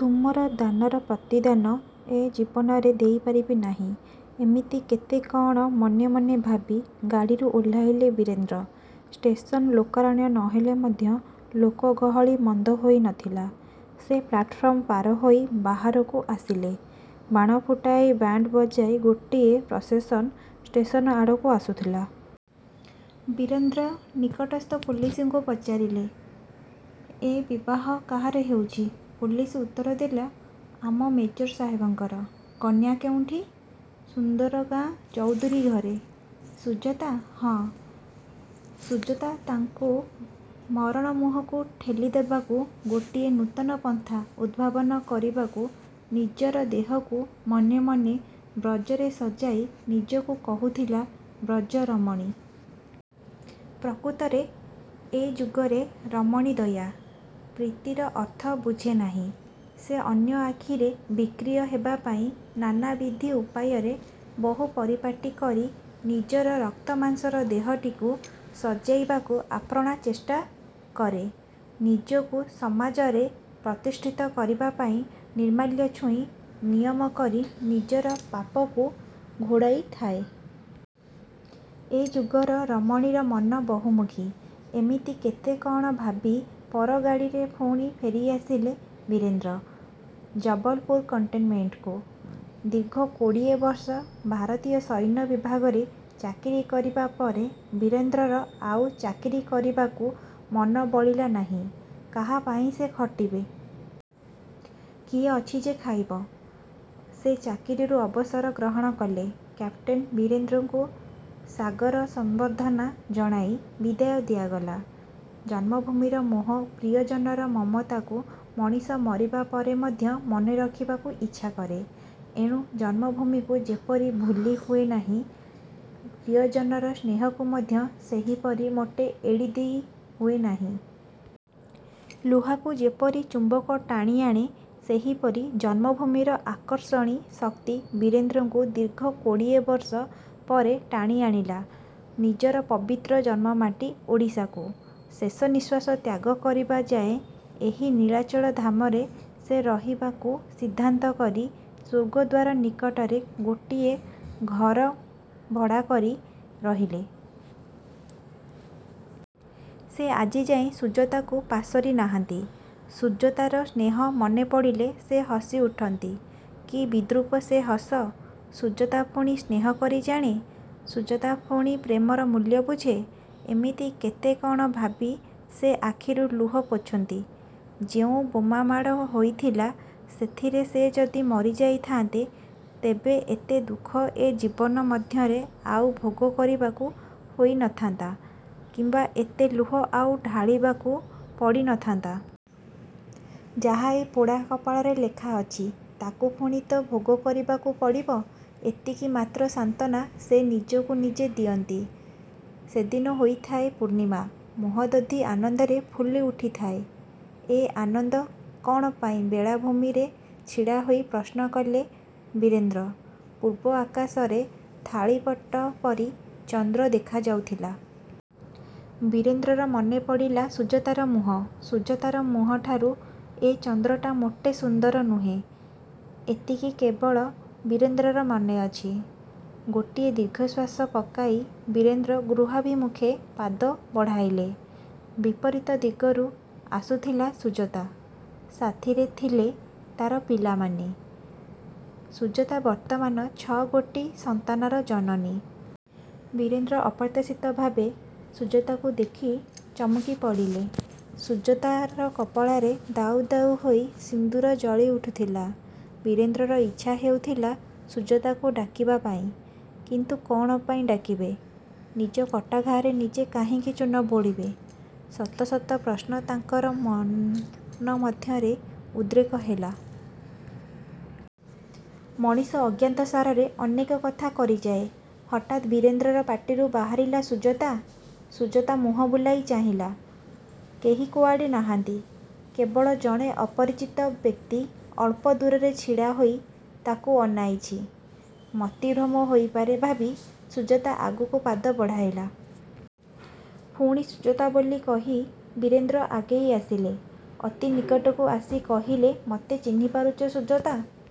ତୁମର ଦାନର ପ୍ରତିଦାନ ଏ ଜୀବନରେ ଦେଇପାରିବି ନାହିଁ। '' ଏମିତି କେତେ କ'ଣ ମନେମନେ ଭାବି ଗାଡ଼ିରୁ ଓହ୍ଲାଇଲେ ବୀରେନ୍ଦ୍ର। ଷ୍ଟେସନ୍ ଲୋକାରଣ୍ୟ ନ ହେଲେ ମଧ୍ୟ ଲୋକଗହଳି ମନ୍ଦ ହୋଇନଥିଲା। ସେ ପ୍ଲାଟ୍ଫର୍ମ ପାର ହୋଇ ବାହାରକୁ ଆସିଲେ। ବାଣ ଫୁଟାଇ, ବ୍ୟାଣ୍ଡ ବଜାଇ ଗୋଟିଏ ପ୍ରସେସନ୍ ଷ୍ଟେସନ୍ ଆଡ଼କୁ ଆସୁଥିଲା। ବୀରେନ୍ଦ୍ର ନିକଟସ୍ଥ ପୋଲିସକୁ ପଚାରିଲେ, ''ଏ ବିବାହ କାହାର ହେଉଛି? '' ପୋଲିସ ଉତ୍ତର ଦେଲା ''ଆମ ମେଜର ସାହେବଙ୍କର। '' ''କନ୍ୟା କେଉଁଠି? '' ''ସୁନ୍ଦର ଗାଁ ଚୌଧୁରୀ ଘରେ। '' ''ସୁଜାତା? '' ହଁ, ସୁଜାତା ତାଙ୍କୁ ମରଣ ମୁହଁକୁ ଠେଲିଦେବାକୁ ଗୋଟାଏ ନୂତନ ପନ୍ଥା ଉଦ୍ଭାବନ କରିବାକୁ ନିଜର ଦେହକୁ ମନେମନେ ବଜ୍ରରେ ସଜାଇ ନିଜକୁ କହୁଥିଲା ବଜ୍ରରମଣୀ! ପ୍ରକୃତରେ ଏ ଯୁଗରେ ରମଣୀ ଦୟା, ପ୍ରୀତିର ଅର୍ଥ ବୁଝେ ନାହିଁ। ସେ ଅନ୍ୟ ଆଖିରେ ବିକ୍ରୟ ହେବାପାଇଁ ନାନାବିଧ ଉପାୟରେ ବହୁ ପରିପାଟୀ କରି ନିଜର ରକ୍ତମାଂସର ଦେହଟିକୁ ସଜାଇବାକୁ ଆପ୍ରାଣ ଚେଷ୍ଟା କରେ। ନିଜକୁ ସମାଜରେ ପ୍ରତିଷ୍ଠିତ କରିବା ପାଇଁ ନିର୍ମାଲ୍ୟ ଛୁଇଁ ନିୟମ କରି ନିଜର ପାପକୁ ଘୋଡ଼ାଇଥାଏ। ଏ ଯୁଗର ରମଣୀର ମନ ବହୁମୁଖୀ। ଏମିତି କେତେ କ'ଣ ଭାବି ପର ଗାଡ଼ିରେ ପୁଣି ଫେରିଆସିଲେ ବୀରେନ୍ଦ୍ର ଜବଲପୁର କେଣ୍ଟନମେଣ୍ଟକୁ। ଦୀର୍ଘ କୋଡ଼ିଏ ବର୍ଷ ଭାରତୀୟ ସୈନ୍ୟ ବିଭାଗରେ ଚାକିରି କରିବା ପରେ ବୀରେନ୍ଦ୍ରର ଆଉ ଚାକିରି କରିବାକୁ ମନ ବଳିଲା ନାହିଁ। କାହାପାଇଁ ସେ ଖଟିବେ? କିଏ ଅଛି ଯେ ଖାଇବ? ସେ ଚାକିରିରୁ ଅବସର ଗ୍ରହଣ କଲେ। କ୍ୟାପଟେନ୍ ବୀରେନ୍ଦ୍ରକୁ ସାଗର ସମ୍ବର୍ଦ୍ଧନା ଜଣାଇ ବିଦାୟ ଦିଆଗଲା। ଜନ୍ମଭୂମିର ମୋହ, ପ୍ରିୟଜନର ମମତାକୁ ମଣିଷ ମରିବା ପରେ ମଧ୍ୟ ମନେରଖିବାକୁ ଇଚ୍ଛାକରେ। ଏଣୁ ଜନ୍ମଭୂମିକୁ ଯେପରି ଭୁଲି ହୁଏ ନାହିଁ, ପ୍ରିୟଜନର ସ୍ନେହକୁ ମଧ୍ୟ ସେହିପରି ମୋଟେ ଏଡ଼ିଦେଇ ହୁଏ ନାହିଁ। ଲୁହାକୁ ଯେପରି ଚୁମ୍ବକ ଟାଣିଆଣେ, ସେହିପରି ଜନ୍ମଭୂମିର ଆକର୍ଷଣୀ ଶକ୍ତି ବୀରେନ୍ଦ୍ରକୁ ଦୀର୍ଘ କୋଡ଼ିଏ ବର୍ଷ ପରେ ଟାଣିଆଣିଲା ନିଜର ପବିତ୍ର ଜନ୍ମମାଟି ଓଡ଼ିଶାକୁ। ଶେଷନିଶ୍ୱାସ ତ୍ୟାଗ କରିବା ଯାଏ ଏହି ନୀଳାଚଳ ଧାମରେ ସେ ରହିବାକୁ ସିଦ୍ଧାନ୍ତ କରି ସ୍ୱର୍ଗଦ୍ୱାର ନିକଟରେ ଗୋଟିଏ ଘର ଭଡ଼ାକରି ରହିଲେ। ସେ ଆଜିଯାଏ ସୁଜାତାକୁ ପାଶୋରି ନାହାନ୍ତି। ସୁଜାତାର ସ୍ନେହ ମନେପଡ଼ିଲେ ସେ ହସିଉଠନ୍ତି। କି ବିଦ୍ରୂପ ସେ ହସ? ସୁଜାତା ପୁଣି ସ୍ନେହ କରି ଜାଣେ? ସୁଜାତା ପୁଣି ପ୍ରେମର ମୂଲ୍ୟ ବୁଝେ? ଏମିତି କେତେ କ'ଣ ଭାବି ସେ ଆଖିରୁ ଲୁହ ପୋଛନ୍ତି। ଯେଉଁ ବୋମାମାଡ଼ ହୋଇଥିଲା, ସେଥିରେ ସେ ଯଦି ମରିଯାଇଥାନ୍ତେ ତେବେ ଏତେ ଦୁଃଖ ଏ ଜୀବନ ମଧ୍ୟରେ ଆଉ ଭୋଗ କରିବାକୁ ହୋଇନଥାନ୍ତା କିମ୍ବା ଏତେ ଲୁହ ଆଉ ଢାଳିବାକୁ ପଡ଼ିନଥାନ୍ତା। ଯାହା ଏ ପୋଡ଼ା କପାଳରେ ଲେଖାଅଛି ତାକୁ ପୁଣି ତ ଭୋଗ କରିବାକୁ ପଡ଼ିବ। ଏତିକି ମାତ୍ର ସାନ୍ତ୍ୱନା ସେ ନିଜକୁ ନିଜେ ଦିଅନ୍ତି। ସେଦିନ ହୋଇଥାଏ ପୂର୍ଣ୍ଣିମା। ମହୋଦଧି ଆନନ୍ଦରେ ଫୁଲିଉଠିଥାଏ। ଏ ଆନନ୍ଦ କ'ଣ ପାଇଁ ବେଳାଭୂମିରେ ଛିଡ଼ାହୋଇ ପ୍ରଶ୍ନକଲେ ବୀରେନ୍ଦ୍ର। ପୂର୍ବ ଆକାଶରେ ଥାଳିପଟ ପରି ଚନ୍ଦ୍ର ଦେଖାଯାଉଥିଲା। ବୀରେନ୍ଦ୍ରର ମନେପଡ଼ିଲା ସୁଜାତାର ମୁହଁ। ସୁଜାତାର ମୁହଁଠାରୁ ଏ ଚନ୍ଦ୍ରଟା ମୋଟେ ସୁନ୍ଦର ନୁହେଁ, ଏତିକି କେବଳ ବୀରେନ୍ଦ୍ରର ମନେଅଛି। ଗୋଟିଏ ଦୀର୍ଘଶ୍ୱାସ ପକାଇ ବୀରେନ୍ଦ୍ର ଗୃହାଭିମୁଖେ ପାଦ ବଢ଼ାଇଲେ। ବିପରୀତ ଦିଗରୁ ଆସୁଥିଲା ସୁଜାତା। ସାଥୀରେ ଥିଲେ ତା'ର ପିଲାମାନେ। ସୁଜାତା ବର୍ତ୍ତମାନ ଛଅଗୋଟି ସନ୍ତାନର ଜନନୀ। ବୀରେନ୍ଦ୍ର ଅପ୍ରତ୍ୟାଶିତ ଭାବେ ସୁଜାତାକୁ ଦେଖି ଚମକିପଡ଼ିଲେ। ସୁଜାତାର କପାଳରେ ଦାଉ ଦାଉ ହୋଇ ସିନ୍ଦୂର ଜଳିଉଠୁଥିଲା। ବୀରେନ୍ଦ୍ରର ଇଚ୍ଛା ହେଉଥିଲା ସୁଜାତାକୁ ଡାକିବା ପାଇଁ; କିନ୍ତୁ କ'ଣ ପାଇଁ ଡାକିବେ? ନିଜ କଟାଘାଆରେ ନିଜେ କାହିଁକି ଚୂନ ବୋଳିବେ? ଶତ ଶତ ପ୍ରଶ୍ନ ତାଙ୍କର ମନ ମଧ୍ୟରେ ଉଦ୍ରେକ ହେଲା। ମଣିଷ ଅଜ୍ଞାତସାରରେ ଅନେକ କଥା କରିଯାଏ। ହଠାତ୍ ବୀରେନ୍ଦ୍ରର ପାଟିରୁ ବାହାରିଲା ''ସୁଜାତା''। ସୁଜାତା ମୁହଁ ବୁଲାଇ ଚାହିଁଲା। କେହି କୁଆଡ଼େ ନାହାନ୍ତି। କେବଳ ଜଣେ ଅପରଚିତ ବ୍ୟକ୍ତି ଅଳ୍ପ ଦୂରରେ ଛିଡ଼ାହୋଇ ତାକୁ ଅନାଇଛି। ମତିଭ୍ରମ ହୋଇପାରେ ଭାବି ସୁଜାତା ଆଗକୁ ପାଦ ବଢ଼ାଇଲା। ପୁଣି ''ସୁଜାତା'' ବୋଲି କହି ବୀରେନ୍ଦ୍ର ଆଗେଇ ଆସିଲେ। ଅତି ନିକଟକୁ ଆସି କହିଲେ, ''ମୋତେ ଚିହ୍ନି ପାରୁଛ ସୁଜାତା''?